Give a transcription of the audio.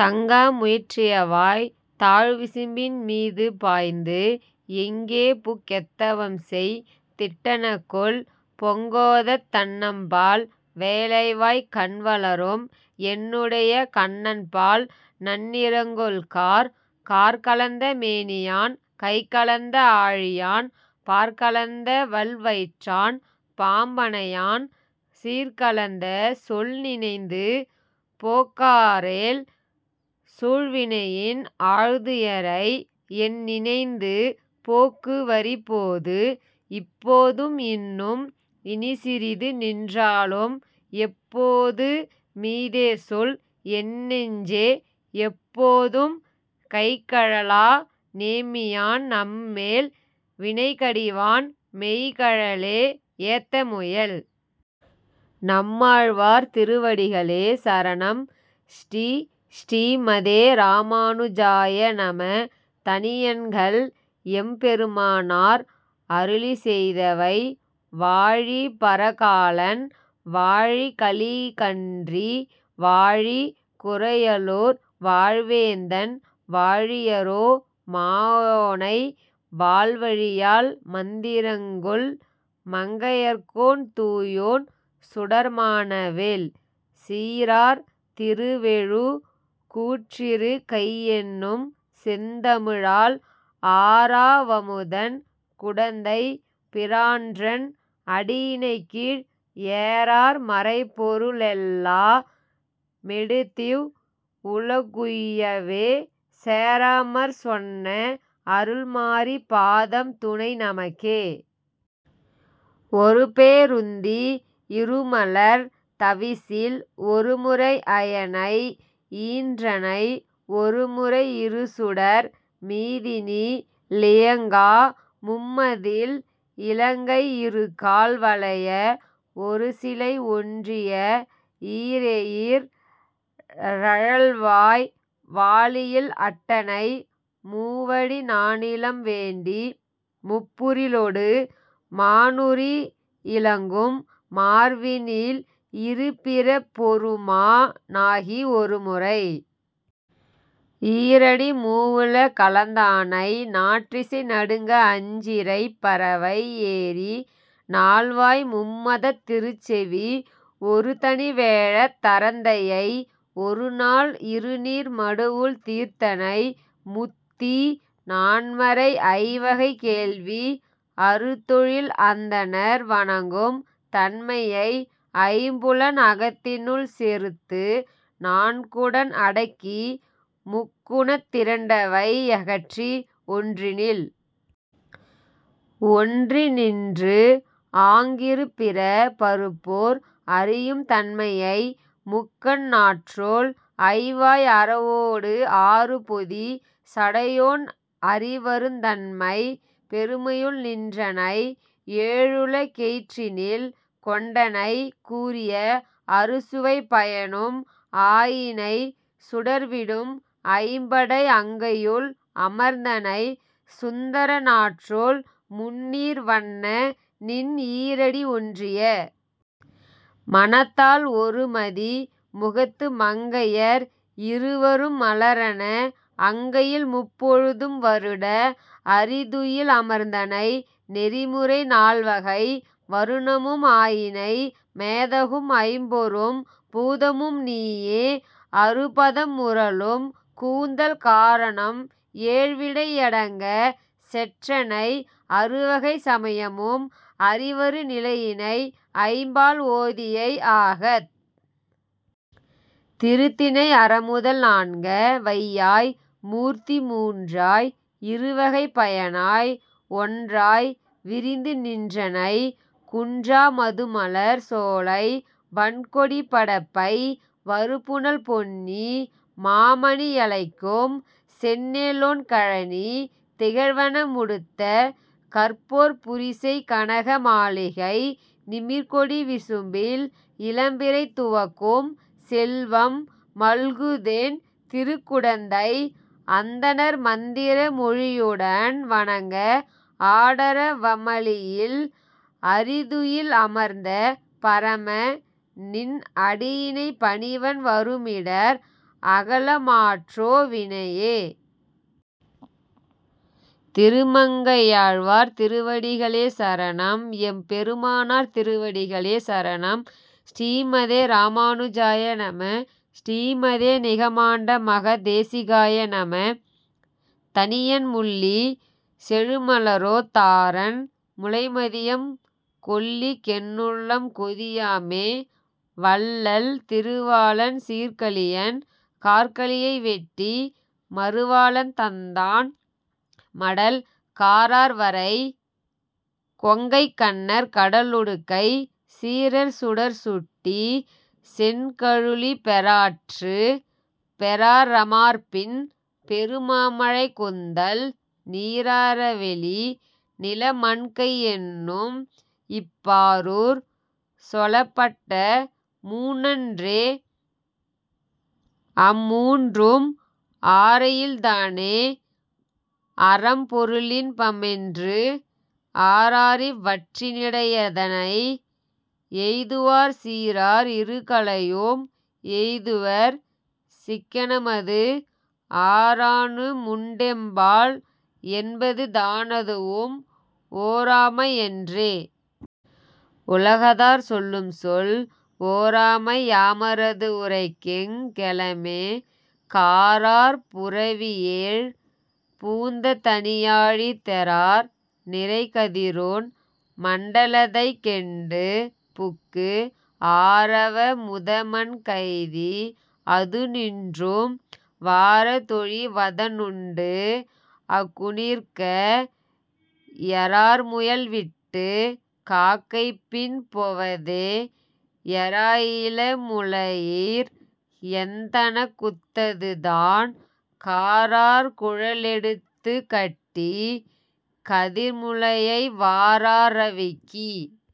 தங்கா முயற்றியவாய்த் தாழ்விசும்பின் மீதுபாய்ந்து, எங்கேபுக் கெத்தவம்செய் திட்டனகொல்,-பொங்கோதத் தண்ணம்பால் வேலைவாய்க் கண்வளரும், என்னுடைய கண்ணன்பால் நன்னிறங்கொள் கார்? கார்க்கலந்த மேனியான் கைகலந்த ஆழியான், பார்க்கலந்த வல்வயிற்றான் பாம்பணையான்,-சீர்கலந்த சொல்நினைந்து போக்காரேல் சூழ்வினையின் ஆழ்துயரை, என்நினைந்து போக்குவரிப் போது? இப்போதும் இன்னும் இனிச்சிறிது நின்றாலும் எப்போது மீதேசொல் என்னெஞ்சே--எப்போதும் கைகழலா நேமியான் நம்மேல் வினைகடிவான் மெய்கழலே ஏத்த முயல். நம்மாழ்வார் திருவடிகளே சரணம் ஸ்ரீ: ஸ்ரீமதே ராமானுஜாய நம: தனியன்கள் எம்பெருமானார் அருளிச்செய்தவை வாழிபரகாலன் வாழிகலிகன்றி, வாழி குறையலூர் வாழ்வேந்தன், வாழியரோ மாயோனை வாள்வலியால் மந்திரங்கொள் மங்கையர்கோன் தூயோன் சுடர்மான வேல். சீரார் திருவெழு கூற்றிருக் கையென்னும் செந்தமிழால், ஆரா வமுதன் குடந்தைப் பிரான்றன் அடியிணைக்கீழ், ஏரார் மறைப்பொரு ளெல்லா மெடுத்திவ் வுலகுய்யவே சேராமற் சொன்ன அருள்மாரி பாதம் துணைநமக்கே. ஒருபே ருந்தி யிருமலர்த் தவிசில், ஒருமுறை அயனை யீன்றனை, ஒருமுறை இருசுடர் மீதினி லியங்கா, மும்மதிள் இலங்கை யிருகால் வளைய, ஒருசிலை ஒன்றிய ஈரெயிற் றழல்வாய் வாளியில் அட்டனை, மூவடி நானிலம் வேண்டி, முப்புரி _லொடு மானுரி யிலங்கும். மார்வினில், இருபிறப் பொருமா ணாகி, ஒருமுறை யீரடி, மூவுல களந்தானை, நாற்றிசை நடுங்க அஞ்சிறைப் பறவை ஏறி, நால்வாய் மும்மதத் திருசெவி ஒருதனி வேழத் தரந்தையை, ஒருநாள் இருநீர் மடுவுள் தீர்த்தனை, முத்தீ நான்மறை ஐவகை வேள்வி, அறுதொழில் அந்தணர் வணங்கும் தன்மையை, ஐம்புலன் அகத்தினுள் செறுத்து, நான்குடன் அடக்கி முக்குணத் திரண்டவை யகற்றி, ஒன்றினில் ஒன்றி நின்று, ஆங் கிருபிறப் பறுப்போர் அறியும் தன்மையை, முக்கண் நாற்றோள் ஐவாய் அரவோடு ஆறுபொதி சடையோன் அறிவருந் தன்மைப் பெருமையுள் நின்றனை, ஏழுல கெயிற்றினில் கொண்டனை, கூறிய அறுசுவைப் பயனும் ஆயினை, சுடர்விடும் ஐம்படை அங்கையுள் அமர்ந்தனை, சுந்தர நாற்றோள் முந்நீர் வண்ண, நின் ஈரடி ஒன்றிய மனத்தால், ஒருமதி முகத்து மங்கையர் இருவரும் மலரன, அங்கையில் முப்பொழுதும் வருட அறிதுயில் அமர்ந்தனை, நெறிமுறை நால்வகை வருணமும் ஆயினை, மேதகும் ஐம்பெரும் பூதமும் நீயே, அறுபதம் முரலும் கூந்தல் காரணம் ஏழ்விடை யடங்கச் செற்றனை, அறுவகைச் சமயமும் அறிவரு நிலையினை, ஐம்பால் ஓதியை ஆகத் திருத்தினை, அறமுதல் நான்க வையாய் மூர்த்தி மூன்றாய் இருவகைப் பயனாய் ஒன்றாய் விரிந்து நின்றனை, குன்றா மதுமலர்ச் சோலை வண்கொடிப் படப்பை, வருபுனல் பொன்னி மாமணி யலைக்கும், செந்நெலொண் கழனித் திகழ்வன முடுத்த, கற்போர் புரிசைக் கனக மாளிகை, நிமிர்கொடி விசும்பில் இளம்பிறை துவக்கும், செல்வம் மல்குதென் திருக்குடந்தை, அந்தணர் மந்திர மொழியுடன் வணங்க, ஆடர வமளியில் அறிதுயில் அமர்ந்த பரம, நின் அடியிணை பணிவன் வருமிடர் அகல மாற்றோ வினையே. திருமங்கையாழ்வார் திருவடிகளே சரணம் எம்பெருமானார் திருவடிகளே சரணம் ஸ்ரீமதே ராமனுஜாய நம: ஸ்ரீமதே நிகமாண்ட மக தேசிகாய நம: தனியன் முள்ளிச் செழுமலரொ தாரன் முளைமதியம் கொல்லிக்கென்னுள்ளம் கொதியாமெ -- வள்ளல் திருவாளன் சீர்க்கலியன் கார்க்கலியை வெட்டி மருவாளன் தந்தான் மடல் காரார்வரை கொங்கை கண்ணர் கடலுடுக்கை சீரர்சுடர் சுட்டி செண்களுழிப்பெராற்று பெராரமார்பின் பெருமாமழைக்குந்தல் நீராரவெலி நிலமண்கையென்னும் -- இப் பாரூர் சொலப்பட்டமூன்னன்றெ -- அம்மூன்றும் ஆரயில்தானெ அரம்பொருளின்பமென்று ஆராரிவற்றினிடையதனை எய்துவார் சீரார் இருகலயும் எய்துவர் -- சிக்கெனமது ஆரானுமுண்டெம்பால் என்பதுதானதுவும் ஒராமையன்றெ? உலகதார் சொல்லும்சொல் ஒராமையாமாரதுவுரைக்கெங்கௌமெ காரார்ப்புரவியெழ் பூந்ததனியாழி தெரார் நிரைகதிரொன் மண்டலதைக்கெண்டு புக்கு ஆராவமுதமண்கய்தி -- அதுனின்றும் வாரதொழிவதன்னுண்டு -- அகுனிர்க்க யெரார்முயல்விட்டு காக்கைப்பின் பொவதெ? எராயிளமுலயீர் எந்தனக்குத்ததுதான் காரார்க்குழலெடுதுக்கட்டி -- கதிர்முலயை வாராரவீக்கி